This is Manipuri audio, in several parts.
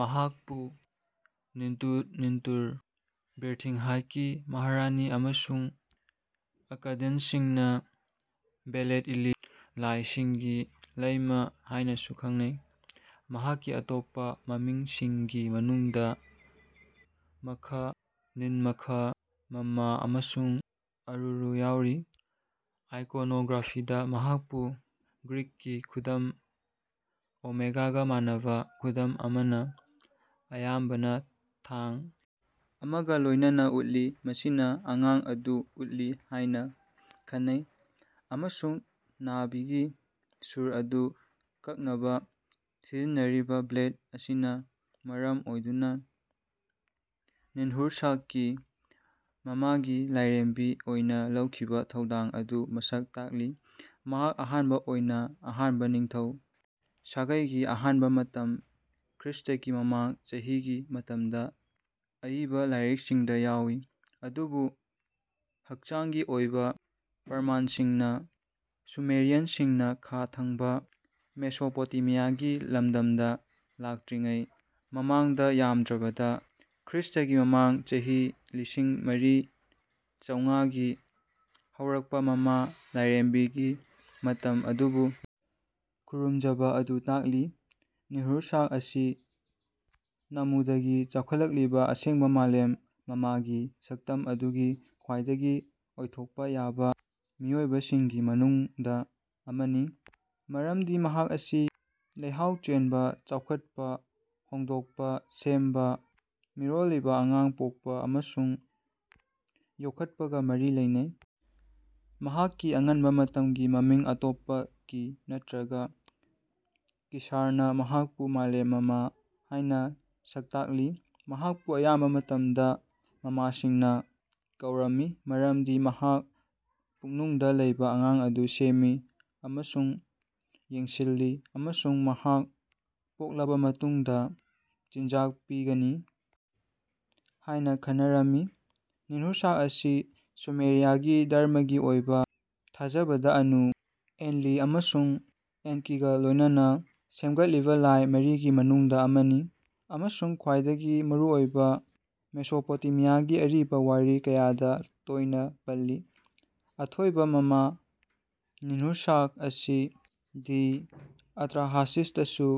ꯃꯍꯥꯛꯄꯨ ꯅꯤꯟꯇꯨ ꯂꯤꯟꯇꯨꯔ ꯕꯤꯔꯊꯤꯡ ꯍꯥꯠꯀꯤ ꯃꯍꯥꯔꯥꯅꯤ ꯑꯃꯁꯨꯡ ꯑꯛꯀꯥꯗꯤꯌꯟꯁꯤꯡꯅ ꯕꯦꯂꯦꯠ ꯏꯂꯤ ꯂꯥꯏꯁꯤꯡꯒꯤ ꯂꯩꯃ ꯍꯥꯏꯅꯁꯨ ꯈꯪꯅꯩ꯫ ꯃꯍꯥꯛꯀꯤ ꯑꯇꯣꯞꯄ ꯃꯃꯤꯡꯁꯤꯡꯒꯤ ꯃꯅꯨꯡꯗ ꯃꯈ ꯅꯤꯟꯃꯥꯈ ꯃꯝꯃꯥ ꯑꯃꯁꯨꯡ ꯑꯔꯨꯔꯨ ꯌꯥꯎꯔꯤ꯫ ꯑꯥꯏꯀꯣꯅꯣꯒ꯭ꯔꯥꯐꯤꯗ ꯃꯍꯥꯛꯄꯨ ꯒ꯭ꯔꯤꯛꯀꯤ ꯈꯨꯗꯝ ꯑꯣꯃꯦꯒꯥꯒ ꯃꯥꯟꯅꯕ ꯈꯨꯗꯝ ꯑꯃꯅ ꯑꯌꯥꯝꯕꯅ ꯊꯥꯡ ꯑꯃꯒ ꯂꯣꯏꯅꯅ ꯎꯠꯂꯤ ꯃꯁꯤꯅ ꯑꯉꯥꯡ ꯑꯗꯨ ꯎꯠꯂꯤ ꯍꯥꯏꯅ ꯈꯟꯅꯩ ꯑꯃꯁꯨꯡ ꯅꯥꯕꯤꯒꯤ ꯁꯨꯔ ꯑꯗꯨ ꯀꯛꯅꯕ ꯁꯤꯖꯤꯟꯅꯔꯤꯕ ꯕ꯭ꯂꯦꯗ ꯑꯁꯤꯅ ꯃꯔꯝ ꯑꯣꯏꯗꯨꯅ ꯅꯤꯟꯍꯨꯔꯁꯥꯒꯀꯤ ꯃꯃꯥꯒꯤ ꯂꯥꯏꯔꯦꯝꯕꯤ ꯑꯣꯏꯅ ꯂꯧꯈꯤꯕ ꯊꯧꯗꯥꯡ ꯑꯗꯨ ꯃꯁꯛ ꯇꯥꯛꯂꯤ꯫ ꯃꯍꯥꯛ ꯑꯍꯥꯟꯕ ꯑꯣꯏꯅ ꯑꯍꯥꯟꯕ ꯅꯤꯡꯊꯧ ꯁꯥꯒꯩꯒꯤ ꯑꯍꯥꯟꯕ ꯃꯇꯝ ꯈ꯭ꯔꯤꯁ꯭ꯇꯒꯤ ꯃꯃꯥꯡ ꯆꯍꯤꯒꯤ ꯃꯇꯝꯗ ꯑꯏꯕ ꯂꯥꯏꯔꯤꯛꯁꯤꯡꯗ ꯌꯥꯎꯏ ꯑꯗꯨꯕꯨ ꯍꯛꯆꯥꯡꯒꯤ ꯑꯣꯏꯕ ꯄ꯭ꯔꯃꯥꯟꯁꯤꯡꯅ ꯁꯨꯃꯦꯔꯤꯌꯟꯁꯤꯡꯅ ꯈꯥ ꯊꯪꯕ ꯃꯦꯁꯣꯄꯣꯇꯦꯃꯤꯌꯥꯒꯤ ꯂꯝꯗꯝꯗ ꯂꯥꯛꯇ꯭ꯔꯤꯉꯩ ꯃꯃꯥꯡꯗ ꯌꯥꯝꯗ꯭ꯔꯕꯗ ꯈ꯭ꯔꯤꯁ꯭ꯇꯒꯤ ꯃꯃꯥꯡ ꯆꯍꯤ ꯂꯤꯁꯤꯡ ꯃꯔꯤ ꯆꯧꯉꯥꯒꯤ ꯍꯧꯔꯛꯄ ꯃꯃꯥ ꯂꯥꯏꯔꯦꯝꯕꯤꯒꯤ ꯃꯤꯇꯝ ꯑꯗꯨꯕꯨ ꯈꯨꯔꯨꯝꯖꯕ ꯑꯗꯨ ꯇꯥꯛꯂꯤ꯫ ꯅꯤꯟꯍꯨꯔꯁꯥꯒ ꯑꯁꯤ ꯅꯥꯝꯃꯨꯗꯒꯤ ꯆꯥꯎꯈꯠꯂꯛꯂꯤꯕ ꯑꯁꯦꯡꯕ ꯃꯥꯂꯦꯝ ꯃꯃꯥꯒꯤ ꯁꯛꯇꯝ ꯑꯗꯨꯒꯤ ꯈ꯭ꯋꯥꯏꯗꯒꯤ ꯑꯣꯏꯊꯣꯛꯄ ꯌꯥꯕ ꯃꯤꯑꯣꯏꯕꯁꯤꯡꯒꯤ ꯃꯅꯨꯡꯗ ꯑꯃꯅꯤ ꯃꯔꯝꯗꯤ ꯃꯍꯥꯛ ꯑꯁꯤ ꯂꯩꯍꯥꯎ ꯆꯦꯟꯕ ꯆꯥꯎꯈꯠꯄ ꯍꯣꯡꯗꯣꯛꯄ ꯁꯦꯝꯕ ꯃꯤꯔꯣꯜꯂꯤꯕ ꯑꯉꯥꯡ ꯄꯣꯛꯄ ꯑꯃꯁꯨꯡ ꯌꯣꯛꯈꯠꯄꯒ ꯃꯔꯤ ꯂꯩꯅꯩ꯫ ꯃꯍꯥꯛꯀꯤ ꯑꯉꯟꯕ ꯃꯇꯝꯒꯤ ꯃꯃꯤꯡ ꯑꯇꯣꯞꯄ ꯀꯤ ꯅꯠꯇ꯭ꯔꯒ ꯀꯤꯁꯥꯔꯅ ꯃꯍꯥꯛꯄꯨ ꯃꯥꯂꯦꯝ ꯃꯃꯥ ꯍꯥꯏꯅ ꯁꯛꯇꯥꯛꯂꯤ꯫ ꯃꯍꯥꯛꯄꯨ ꯑꯌꯥꯝꯕ ꯃꯇꯝꯗ ꯃꯃꯥꯁꯤꯡꯅ ꯀꯧꯔꯝꯃꯤ ꯃꯔꯝꯗꯤ ꯃꯍꯥꯛ ꯄꯨꯛꯅꯨꯡꯗ ꯂꯩꯕ ꯑꯉꯥꯡ ꯑꯗꯨ ꯁꯦꯝꯃꯤ ꯑꯃꯁꯨꯡ ꯌꯦꯡꯁꯤꯜꯂꯤ ꯑꯃꯁꯨꯡ ꯃꯍꯥꯛ ꯄꯣꯛꯂꯕ ꯃꯇꯨꯡꯗ ꯆꯤꯟꯖꯥꯛ ꯄꯤꯒꯅꯤ ꯍꯥꯏꯅ ꯈꯟꯅꯔꯝꯃꯤ꯫ ꯅꯤꯟꯍꯨꯔꯁꯥꯒ ꯑꯁꯤ ꯁꯨꯃꯦꯔꯤꯌꯥꯒꯤ ꯙꯔꯃꯒꯤ ꯑꯣꯏꯕ ꯊꯥꯖꯕꯗ ꯑꯅꯨ ꯑꯦꯟꯂꯤꯜ ꯑꯃꯁꯨꯡ ꯑꯦꯟꯀꯤꯒ ꯂꯣꯏꯅꯅ ꯁꯦꯝꯒꯠꯂꯤꯕ ꯂꯥꯏ ꯃꯔꯤꯒꯤ ꯃꯅꯨꯡꯗ ꯑꯃꯅꯤ ꯑꯃꯁꯨꯡ ꯈ꯭ꯋꯥꯏꯗꯒꯤ ꯃꯔꯨꯑꯣꯏꯕ ꯃꯦꯁꯣꯄꯣꯇꯦꯃꯤꯌꯥꯒꯤ ꯑꯔꯤꯕ ꯋꯥꯔꯤ ꯀꯌꯥꯗ ꯇꯣꯏꯅ ꯄꯜꯂꯤ꯫ ꯑꯊꯣꯏꯕ ꯃꯃꯥ ꯅꯤꯟꯍꯨꯔꯁꯥꯒ ꯑꯁꯤ ꯗꯤ ꯑꯇ꯭ꯔꯥꯍꯥꯁꯤꯁꯇꯁꯨ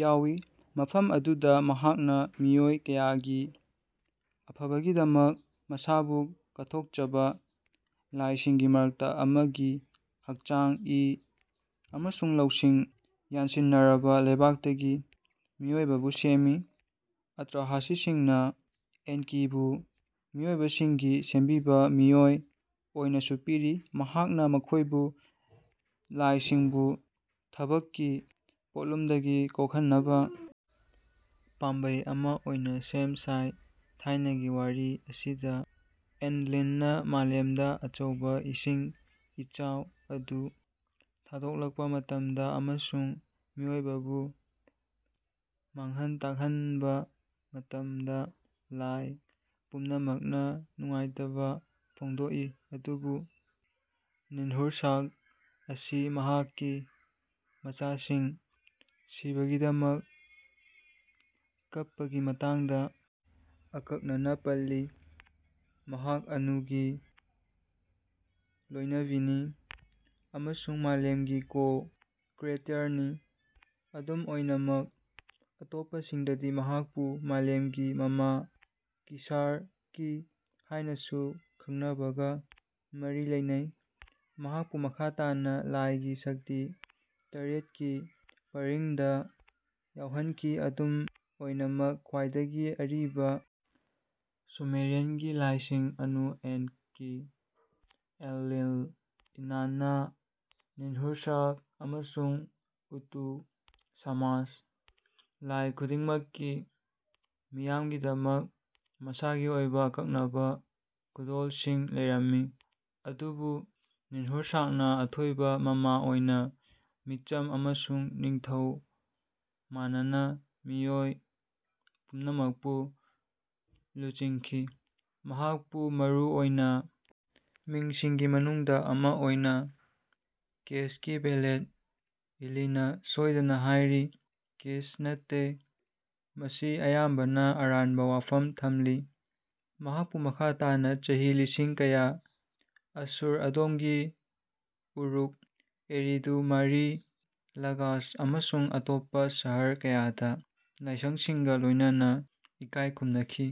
ꯌꯥꯎꯏ ꯃꯐꯝ ꯑꯗꯨꯗ ꯃꯍꯥꯛꯅ ꯃꯤꯑꯣꯏ ꯀꯌꯥꯒꯤ ꯑꯐꯕꯒꯤꯗꯃꯛ ꯃꯁꯥꯕꯨ ꯀꯠꯊꯣꯛꯆꯕ ꯂꯥꯏꯁꯤꯡꯒꯤ ꯃꯔꯛꯇ ꯑꯃꯒꯤ ꯍꯛꯆꯥꯡ ꯏ ꯑꯃꯁꯨꯡ ꯂꯧꯁꯤꯡ ꯌꯥꯟꯁꯤꯟꯅꯔꯕ ꯂꯩꯕꯥꯛꯇꯒꯤ ꯃꯤꯑꯣꯏꯕꯕꯨ ꯁꯦꯝꯃꯤ꯫ ꯑꯇ꯭ꯔꯍꯥꯁꯤꯁꯤꯡꯅ ꯑꯦꯟꯀꯤꯕꯨ ꯃꯤꯑꯣꯏꯕꯁꯤꯡꯒꯤ ꯁꯦꯝꯕꯤꯕ ꯃꯤꯑꯣꯏ ꯑꯣꯏꯅꯁꯨ ꯄꯤꯔꯤ ꯃꯍꯥꯛꯅ ꯃꯈꯣꯏꯕꯨ ꯂꯥꯏꯁꯤꯡꯕꯨ ꯊꯥꯕꯛꯀꯤ ꯄꯣꯠꯂꯨꯝꯗꯒꯤ ꯀꯣꯛꯍꯟꯅꯕ ꯄꯥꯝꯕꯩ ꯑꯃ ꯑꯣꯏꯅ ꯁꯦꯝ ꯁꯥꯏ꯫ ꯊꯥꯏꯅꯒꯤ ꯋꯥꯔꯤ ꯑꯁꯤꯗ ꯑꯦꯟꯂꯤꯜꯅ ꯃꯥꯂꯦꯝꯗ ꯑꯆꯧꯕ ꯏꯁꯤꯡ ꯏꯆꯥꯎ ꯑꯗꯨ ꯊꯥꯗꯣꯛꯂꯛꯄ ꯃꯇꯝꯗ ꯑꯃꯁꯨꯡ ꯃꯤꯑꯣꯏꯕꯕꯨ ꯃꯥꯡꯍꯟ ꯇꯥꯛꯍꯟꯕ ꯃꯇꯝꯗ ꯂꯥꯏ ꯄꯨꯝꯅꯃꯛꯅ ꯅꯨꯡꯉꯥꯏꯇꯕ ꯐꯣꯡꯗꯣꯛꯏ ꯑꯗꯨꯕꯨ ꯅꯤꯟꯍꯨꯔꯁꯥꯒ ꯑꯁꯤ ꯃꯍꯥꯛꯀꯤ ꯃꯆꯥꯁꯤꯡ ꯁꯤꯕꯒꯤꯗꯃꯛ ꯀꯞꯄꯒꯤ ꯃꯇꯥꯡꯗ ꯑꯀꯛꯅꯅ ꯄꯜꯂꯤ꯫ ꯃꯍꯥꯛ ꯑꯅꯨꯒꯤ ꯂꯣꯏꯅꯕꯤꯅꯤ ꯑꯃꯁꯨꯡ ꯃꯥꯂꯦꯝꯒꯤ ꯀꯣ ꯀ꯭ꯔꯤꯌꯦꯇꯔꯅꯤ꯫ ꯑꯗꯨꯝ ꯑꯣꯏꯅꯃꯛ ꯑꯇꯣꯞꯄꯁꯤꯡꯗꯗꯤ ꯃꯍꯥꯛꯄꯨ ꯃꯥꯂꯦꯝꯒꯤ ꯃꯃꯥ ꯀꯤꯁꯥꯔ ꯀꯤ ꯍꯥꯏꯅꯁꯨ ꯈꯪꯅꯕꯒ ꯃꯔꯤ ꯂꯩꯅꯩ꯫ ꯃꯍꯥꯛꯄꯨ ꯃꯈꯥ ꯇꯥꯅ ꯂꯥꯏꯒꯤ ꯁꯛꯇꯤ ꯇꯔꯦꯠꯀꯤ ꯄꯔꯤꯡꯗ ꯌꯥꯎꯍꯟꯈꯤ ꯑꯗꯨꯝ ꯑꯣꯏꯅꯃꯛ ꯈ꯭ꯋꯥꯏꯗꯒꯤ ꯑꯔꯤꯕ ꯁꯨꯃꯦꯔꯤꯌꯟꯒꯤ ꯂꯥꯏꯁꯤꯡ ꯑꯅꯨ ꯑꯦꯟꯀꯤ ꯑꯦꯟꯂꯦꯜ ꯏꯅꯥꯟꯅꯥ ꯅꯤꯟꯍꯨꯔꯁꯥꯒ ꯑꯃꯁꯨꯡ ꯎꯇꯨ ꯁꯃꯥꯁ꯫ ꯂꯥꯏ ꯈꯨꯗꯤꯡꯃꯛꯀꯤ ꯃꯤꯌꯥꯝꯒꯤꯗꯃꯛ ꯃꯁꯥꯒꯤ ꯑꯣꯏꯕ ꯑꯀꯛꯅꯕ ꯈꯨꯗꯣꯜꯁꯤꯡ ꯂꯩꯔꯝꯃꯤ ꯑꯗꯨꯕꯨ ꯅꯤꯟꯍꯨꯔꯁꯥꯒꯅ ꯑꯊꯣꯏꯕ ꯃꯃꯥ ꯑꯣꯏꯅ ꯃꯤꯆꯝ ꯑꯃꯁꯨꯡ ꯅꯤꯡꯊꯧ ꯃꯥꯟꯅꯅ ꯃꯤꯑꯣꯏ ꯄꯨꯝꯅꯃꯛꯄꯨ ꯂꯨꯆꯤꯡꯈꯤ꯫ ꯃꯍꯥꯛꯄꯨ ꯃꯔꯨ ꯑꯣꯏꯅ ꯃꯤꯡꯁꯤꯡꯒꯤ ꯃꯅꯨꯡꯗ ꯑꯃ ꯑꯣꯏꯅ ꯀꯦꯁꯀꯤ ꯕꯦꯂꯦꯠ ꯏꯂꯤꯅ ꯁꯣꯏꯗꯅ ꯍꯥꯏꯔꯤ ꯀꯤꯁ ꯅꯠꯇꯦ ꯃꯁꯤ ꯑꯌꯥꯝꯕꯅ ꯑꯔꯥꯟꯕ ꯋꯥꯐꯝ ꯊꯝꯂꯤ꯫ ꯃꯍꯥꯛꯄꯨ ꯃꯈꯥ ꯇꯥꯅ ꯆꯍꯤ ꯂꯤꯁꯤꯡ ꯀꯌꯥ ꯑꯁꯨꯔ ꯑꯗꯣꯝꯒꯤ ꯎꯔꯨꯛ ꯑꯦꯔꯤꯗꯨ ꯃꯥꯔꯤ ꯂꯒꯥꯁ ꯑꯃꯁꯨꯡ ꯑꯇꯣꯞꯄ ꯁꯍꯔ ꯀꯌꯥꯗ ꯂꯥꯏꯁꯪꯁꯤꯡꯒ ꯂꯣꯏꯅꯅ ꯏꯀꯥꯏ ꯈꯨꯝꯅꯈꯤ꯫